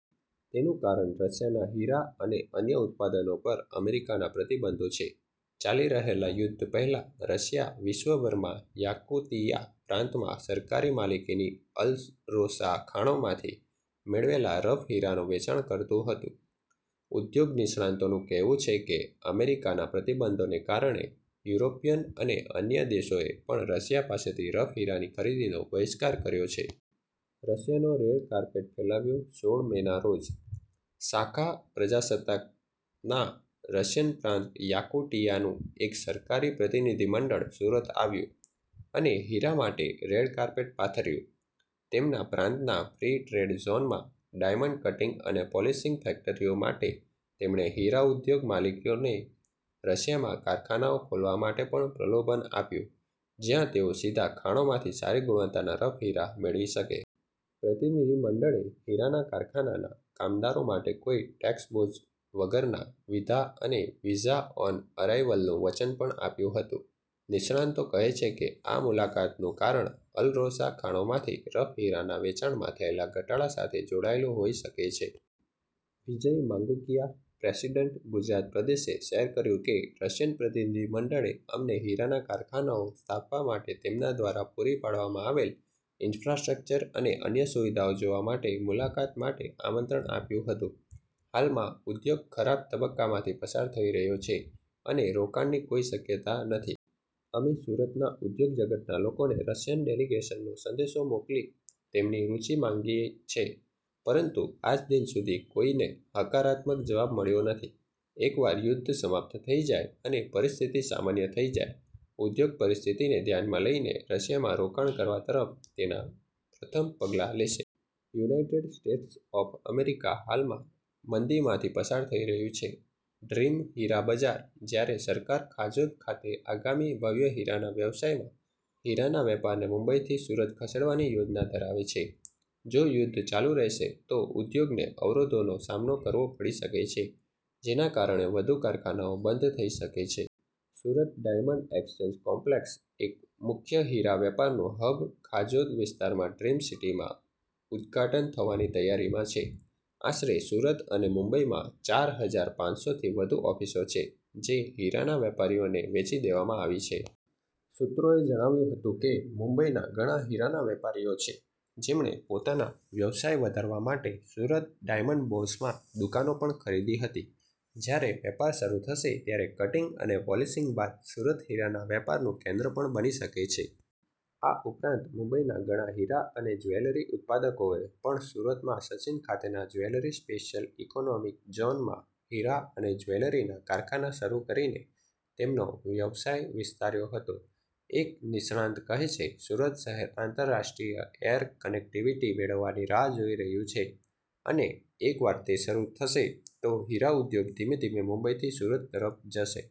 તેનું કારણ રશિયાના હીરા અને અન્ય ઉત્પાદનો પર અમેરિકાના પ્રતિબંધો છે. ચાલી રહેલા યુદ્ધ પહેલા, રશિયા વિશ્વભરમાં યાકુતિયા પ્રાંતમાં સરકારી માલિકીની અલરોસા ખાણોમાંથી મેળવેલા રફ હીરાનું વેચાણ કરતું હતું. ઉદ્યોગ નિષ્ણાતોનું કહેવું છે કે અમેરિકાના પ્રતિબંધોને કારણે યુરોપિયન અને અન્ય દેશોએ પણ રશિયા પાસેથી રફ હીરાની ખરીદીનો બહિષ્કાર કર્યો છે. રશિયનો રેડ કાર્પેટ ફેલાવ્યું શોળ મેના રોજ, સાખા પ્રજાસત્તાકના રશિયન પ્રાંત યાકુટિયાનું એક સરકારી પ્રતિનિધિમંડળ સુરત આવ્યું અને હીરા માટે રેડ કાર્પેટ પાથર્યું. તેમના પ્રાંતના ફ્રી ટ્રેડ ઝોનમાં ડાયમંડ કટિંગ અને પોલિશિંગ ફેક્ટરીઓ માટે તેમણે હીરા ઉદ્યોગ માલિકોને રશિયામાં કારખાનાઓ ખોલવા માટે પણ પ્રલોભન આપ્યું, જ્યાં તેઓ સીધા ખાણોમાંથી સારી ગુણવત્તાના રફ હીરા મેળવી શકે. પ્રતિનિધિમંડળે હીરાના કારખાનાના કામદારો માટે કોઈ ટેક્સ બોજ વગરના વિધા અને વિઝા-ઓન-અરાઈવલનું વચન પણ આપ્યું હતું. નિષ્ણાતો કહે છે કે, આ મુલાકાતનું કારણ અલરોસા ખાણોમાંથી રફ હીરાના વેચાણમાં થયેલા ઘટાડા સાથે જોડાયેલું હોઈ શકે છે. વિજય માંગુકિયા, પ્રેસિડેન્ટ, ગુજરાત પ્રદેશે શેર કર્યું કે, રશિયન પ્રતિનિધિમંડળે અમને હીરાના કારખાનાઓ સ્થાપવા માટે તેમના દ્વારા પૂરી પાડવામાં આવેલ ઈન્ફ્રાસ્ટ્રક્ચર અને અન્ય સુવિધાઓ જોવા માટે મુલાકાત માટે આમંત્રણ આપ્યું હતું. હાલમાં, ઉદ્યોગ ખરાબ તબક્કામાંથી પસાર થઈ રહ્યો છે અને રોકાણની કોઈ શક્યતા નથી. અમે સુરતના ઉદ્યોગ જગતના લોકોને રશિયન ડેલિગેશનનો સંદેશો મોકલી તેમની રુચિ માંગી છે. પરંતુ આજદિન સુધી કોઈને હકારાત્મક જવાબ મળ્યો નથી. એકવાર યુદ્ધ સમાપ્ત થઈ જાય અને પરિસ્થિતિ સામાન્ય થઈ જાય, ઉદ્યોગ પરિસ્થિતિને ધ્યાનમાં લઈને રશિયામાં રોકાણ કરવા તરફ તેના પ્રથમ પગલાં લેશે. યુનાઈટેડ સ્ટેટ્સ ઑફ અમેરિકા હાલમાં મંદીમાંથી પસાર થઈ રહ્યું છે. " 'ડ્રીમ' હીરા બજાર જ્યારે સરકાર ખાજોદ ખાતે આગામી ભવ્ય હીરાના વ્યવસાયમાં હીરાના વેપારને મુંબઈથી સુરત ખસેડવાની યોજના ધરાવે છે, જો યુદ્ધ ચાલુ રહેશે તો, ઉદ્યોગને અવરોધોનો સામનો કરવો પડી શકે છે, જેના કારણે વધુ કારખાનાઓ બંધ થઈ શકે છે. સુરત ડાયમંડ એક્સચેન્જ કોમ્પ્લેક્સ, એક મુખ્ય હીરા વેપારનું હબ, ખાજોદ વિસ્તારમાં ડ્રીમ સિટીમાં ઉદ્ઘાટન થવાની તૈયારીમાં છે. આશરે સુરત અને મુંબઈમાં ચાર હજાર પાંચસો થી વધુ ઓફિસો છે, જે હીરાના વેપારીઓને વેચી દેવામાં આવી છે. સૂત્રોએ જણાવ્યું હતું કે, મુંબઈના ઘણા હીરાના વેપારીઓ છે, જેમણે પોતાનો વ્યવસાય વધારવા માટે સુરત ડાયમંડ બોર્સમાં દુકાનો પણ ખરીદી હતી. જ્યારે વેપાર શરૂ થશે ત્યારે કટિંગ અને પોલિશિંગ બાદ સુરત હીરાના વેપારનું કેન્દ્ર પણ બની શકે છે. આ ઉપરાંત, મુંબઈના ઘણા હીરા અને જ્વેલરી ઉત્પાદકોએ પણ સુરતમાં સચિન ખાતેના જ્વેલરી સ્પેશિયલ ઈકોનોમિક ઝોનમાં હીરા અને જ્વેલરીના કારખાના શરૂ કરીને તેમનો વ્યવસાય વિસ્તાર્યો હતો. એક નિષ્ણાત કહે છે, "સુરત શહેર આંતરરાષ્ટ્રીય એર કનેક્ટિવિટી મેળવવાની રાહ જોઈ રહ્યું છે અને એકવાર તે શરૂ થશે, તો હીરા ઉદ્યોગ ધીમે ધીમે મુંબઈથી સુરત તરફ જશે. "